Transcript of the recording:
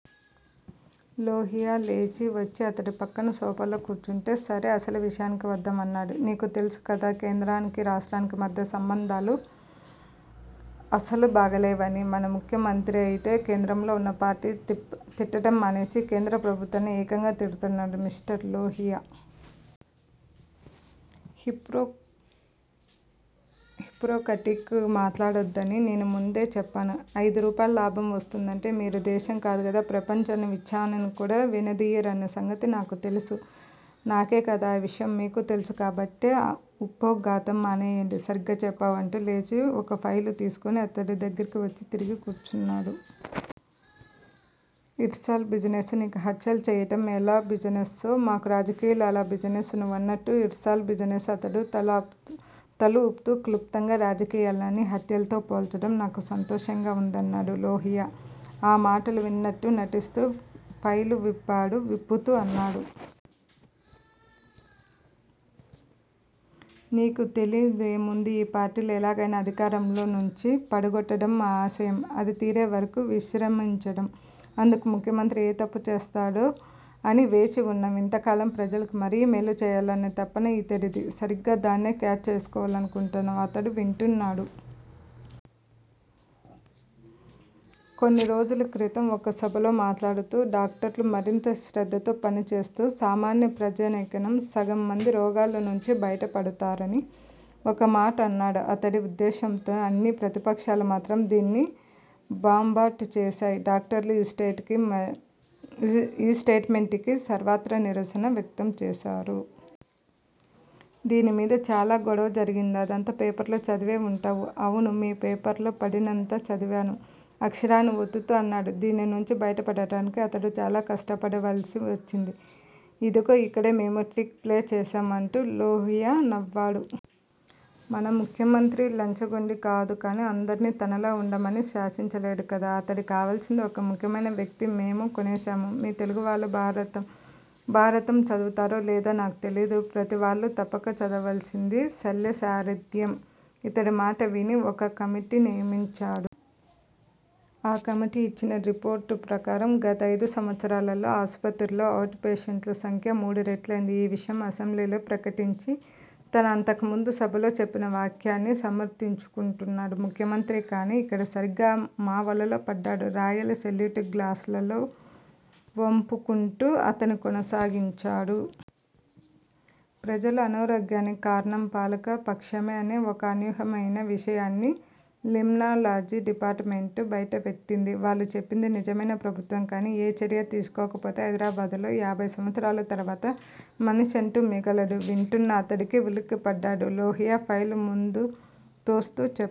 లోహియా లేచి వచ్చి అతడి పక్కన సోఫాలో కూర్చుంటూ సరే, అసలు విషయానికి వద్దాం అన్నాడు. నీకు తెలుసుకదా, కేంద్రానికీ, రాష్ట్రానికీ మధ్య సంబంధాలు అసలు బాగాలేవని, మన ముఖ్యమంత్రయితే కేంద్రంలో వున్న పార్టీని తిట్టటం మానేసి, కేంద్ర ప్రభుత్వాన్నే ఏకంగా తిడుతున్నాడు. మిస్టర్ లోహియా! హిపోక్రటిక్ గా మాట్లాడవద్దని నేను ముందే చెప్పాను. అయిదు రూపాయలు లాభం వస్తుందంటే మీరు దేశం కాదు కదా, ప్రపంచ విచ్చిన్నానికి కూడా వెనుదీయరన్న సంగతి నాకు తెలుసు. నాకేకాదు ఆ విషయం మీకూ తెలుసు. కాబట్టి ఉపోద్ఘాతం మానెయ్యండి. సరిగ్గా చెప్పావ్ అంటూ లేచి ఒక ఫైలు తీసుకుని అతడి దగ్గిరకి వచ్చి తిరిగి కూర్చున్నాడు. It's all business! నీకు హత్యలు చేయటం ఎలా బిజినెస్సో, మాకు రాజకీయాలు అలా బిజినెస్. నువ్వన్నట్టు it's all business. అతడు తలూపుతూ క్లుప్తంగా, రాజకీయాల్ని హత్యలతో పోల్చటం నాకు సంతోషంగా వుంది అన్నాడు. లోహియా ఆ మాటలు విననట్టు నటిస్తూ ఫైలు విప్పాడు. విప్పుతూ అన్నాడు. నీకు తెలియనిదేముంది. ఈ పార్టీని ఎలాగైనా అధికారంలో నుంచి పడగొట్టటం మా ఆశయం! అది తీరేవరకూ విశ్రమించం. అందుకు ముఖ్యంత్రి ఏం తప్పు చేస్తాడా అని వేచి వున్నాం ఇంతకాలం. ప్రజలకి మరీ మేలు చేయాలన్న తపన ఇతడిది. సరిగ్గా దాన్నే కాష్ చేసుకోవాలనుకుంటున్నాము. అతడు వింటున్నాడు. కొన్ని రోజుల క్రితం ఒక సభలో మాట్లాడుతూ, డాక్టర్లు మరింత శ్రద్ధతో పనిచేస్తే సామాన్య ప్రజానీకం సగం మంది రోగాల నుంచి బయటపడతారని ఒక మాట అన్నాడు. అతడే ఉద్దేశ్యంతో అన్నా ప్రతిపక్షాలు మాత్రం దీన్ని బంబాట్ చేశాయి. డాక్టర్లు ఈ స్టేట్ మెంట్ కి సర్వత్రా నిరసన వ్యక్తం చేశారు. దీని మీద చాలా గొడవ జరిగింది. అదంతా పేపర్లో చదివే వుంటావ్. అవును. 'మీ' పేపరుతో పడినదంతా చదివాను అక్షరాన్ని వత్తుతూ అన్నాడు. దీని నుంచి బయటపడటానికి అతడు చాలా కష్టపడవలసి వచ్చింది. ఇదిగో ఇక్కడే మేము ట్రిక్ ప్లే చేశాము అంటూ లోహియా నవ్వాడు. మన ముఖ్యమంత్రి లంచగొండి కాదు. కానీ అందరినీ తనలా వుండమని శాసించలేడు కదా. అతడికి కావలసిన ఒక ముఖ్యమైన వ్యక్తిని మేము కోనేశాము. మీ తెలుగువాళ్ళు భారతం చదువుతారో లేదో నకు తెలీదు. ప్రతీవాళ్ళూ తప్పక చదవవలసింది 'శల్యసారధ్యం'. ఇతడి మాట విని- ఒక కమిటీని నియమించాడు. ఆ కమిటీ ఇచ్చిన రిపోర్టు ప్రకారం గత అయిదు సంవత్సరాల్లో ఆస్పత్రుల్లో అవుట్ పేషంట్ల సంఖ్య మూడు రెట్లయింది. ఈ విషయం అసెంబ్లీలో ప్రకటించి, తను అంతకుముందు సభలో చెప్పిన వ్యాఖ్యని సమర్ధించుకుంటున్నాడు ముఖ్యమంత్రి. కానీ ఇక్కడే సరిగ్గా మా వలలో పడ్డాడు రాయల్ సెల్యూట్ గ్లాసులో వంపుకుంటూ అతను కొనసాగించాడు. ప్రజల అనారోగ్యానికి కారణం పాలక పక్షమే అన్న ఒక అనూహ్యమయిన విషయాన్ని లిమ్నాలజీ డిపార్ట్ మెంట్ బైటపెట్టింది. వాళ్ళు చెప్పిందే నిజమై ప్రభుత్వం గానీ ఏ చర్యా తీసుకోకపోతే, హైదరాబాద్ లో యాభై సంవత్సరాల తరువాత మనిషంటూ మిగలడు. వింటున్న అతడు ఉలిక్కిపడ్డాడు. లోహియా ఫైలు ముందుకు తోస్తూ చెప్పాడు.